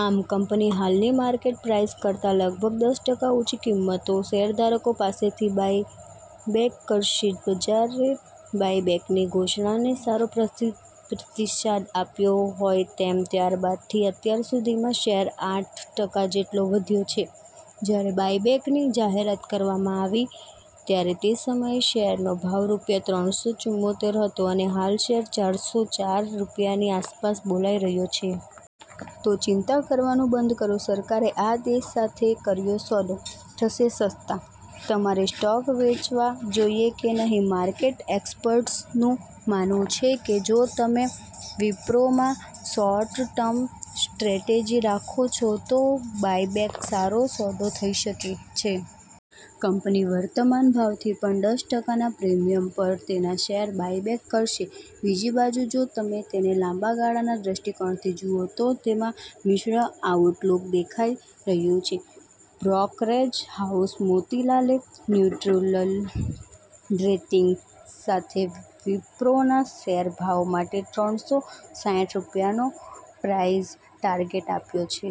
આમ કંપની હાલની market price કરતા લગભગ દસ ટકા ઉંચી કિંમતો શેરધારકો પાસેથી બાયબેક કરશે. બીચારે બાયબેકની ઘોષણાને સારો પ્રતિ પ્રતિસાદ આપ્યો હોય તેમ ત્યારબાદથી અત્યાર સુધીંમાં શેર આઠ ટકા જેટલો વધ્યો છે. જ્યારે બાયબેકની જાહેરાત કરવામાં આવી ત્યારે તે સમયે શેરનો ભાવ રૂપિયા ત્રણસો ચુમોતેર હતો અને હાલ શેર ચારસો ચાર રૂપિયાની આસપાસ બોલાઇ રહ્યો છે. તો ચિંતા કરવાનું બંધ કરો, સરકારે આ દેશ સાથે કર્યો સોદો, થશે સસ્તા! તમારે સ્ટોક વેચવા જોઈએ કે નહીં, માર્કેટ એક્સપર્ટ્સનું માનવું છે કે જો તમે વિપ્રોમાં શોર્ટ ટર્મ સ્ટ્રેટેજી રાખો છો તો બાયબેક સારો સોદો થઈ શકે છે. કંપની વર્તમાન ભાવથી પણ દસ ટકાના પ્રીમિયમ પર તેના શેર બાયબેક કરશે. બીજી બાજુ, જો તમે તેને લાંબા ગાળાના દ્રષ્ટિકોણથી જુઓ, તો તેમાં મિશ્ર આઉટલૂક દેખાઇ રહ્યું છે. બ્રોકરેજ હાઉસ મોતીલાલે ન્યુ્ટ્રલલ રેટિંગ સાથે વિપ્રોના શેર ભાવ માટે ત્રણસો સાઈઠ રૂપિયાનો પ્રાઇસ ટાર્ગેટ આપ્યો છે.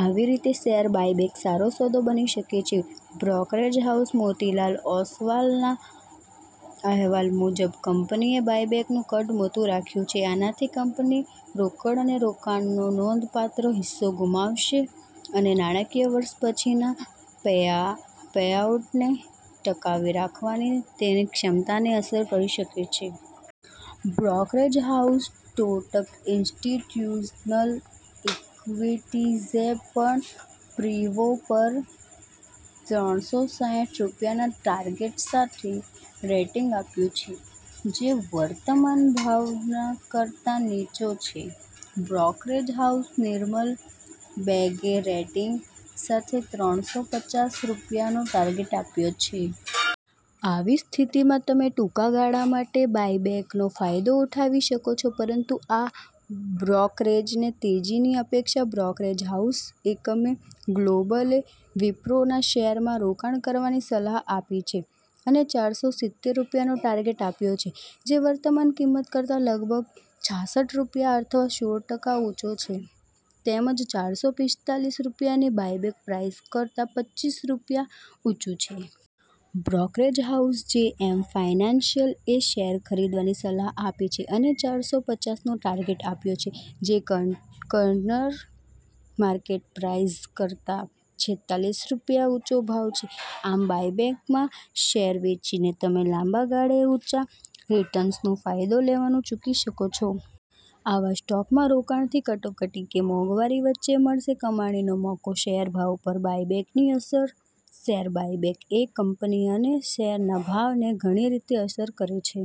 આવી રીતે શેર બાયબેક સારો સોદો બની શકે છે. બ્રોકરેજ હાઉસ મોતીલાલ ઓસવાલના અહેવાલ મુજબ, કંપનીએ બાયબેકનું કદ મોટું રાખ્યું છે. આનાથી કંપની રોકડ અને રોકાણનો નોંધપાત્ર હિસ્સો ગુમાવશે અને નાણાંકીય વર્ષ પછીના પેયા પેયાઉટને ટકાવી રાખવાની તેની ક્ષમતાને અસર કરી શકે છે. બ્રોકરેજ હાઉસ તોટક ઇન્સ્ટિટ્યૂશનલ ઇક્વિટીઝયે પણ વિવો પર ત્રણસો સાઈઠ રૂપિયાના ટાર્ગેટ સાથે રેટિંગ આપ્યુ છે, જે વર્તમાન ભાવના કરતાં નીચો છે. બ્રોકરેજ હાઉસ નિર્મલ બેંગે રેટિંગ સાથે ત્રણસો પચાસ રૂપિયાનો ટાર્ગેટ આપ્યો છે. આવી સ્થિતિમાં તમે ટૂંકા ગાળા માટે બાયબેકનો ફાયદો ઉઠાવી શકો છો. પરંતુ આ બ્રોકરેજને તેજીની અપેક્ષા બ્રોકરેજ હાઉસ એમકે ગ્લોબલે વિપ્રોના શેરમાં રોકાણ કરવાની સલાહ આપી છે અને ચારસો સિત્તેર રૂપિયાનો ટાર્ગેટ આપ્યો છે, જે વર્તમાન કિંમત કરતાં લગભગ છાસઠ રૂપિયા અથવા સોળ ટકા ઉંચો છે તેમજ ચારસો પિસ્તાલીસ રૂપિયાની બાયબેક પ્રાઇસ કરતાં પચ્ચીસ રૂપિયા ઉંચુ છે. બ્રોકરેજ હાઉસ જેએમ ફાઇનાન્શિયલએ શેર ખરીદવાની સલાહ આપી છે અને ચારસો પચાસનો ટાર્ગેટ આપ્યો છે, જે કન કરનર માર્કેટ પ્રાઇસ કરતા છેતાલીસ રૂપિયા ઉંચો ભાવ છે. આમ બાયબેકમાં શેર વેચીને તમે લાંબા ગાળે ઊંચા રિટર્નનો ફાયદો લેવાનું ચૂકી શકો છો. આવા સ્ટોકમાં રોકાણથી કટોકટી કે મોંઘવારી વચ્ચે મળશે કમાણીનો મોકો. શેર ભાવ પર બાયબેકની અસર, શેર બાયબેક એ કંપની અને શેરના ભાવને ઘણી રીતે અસર કરે છે.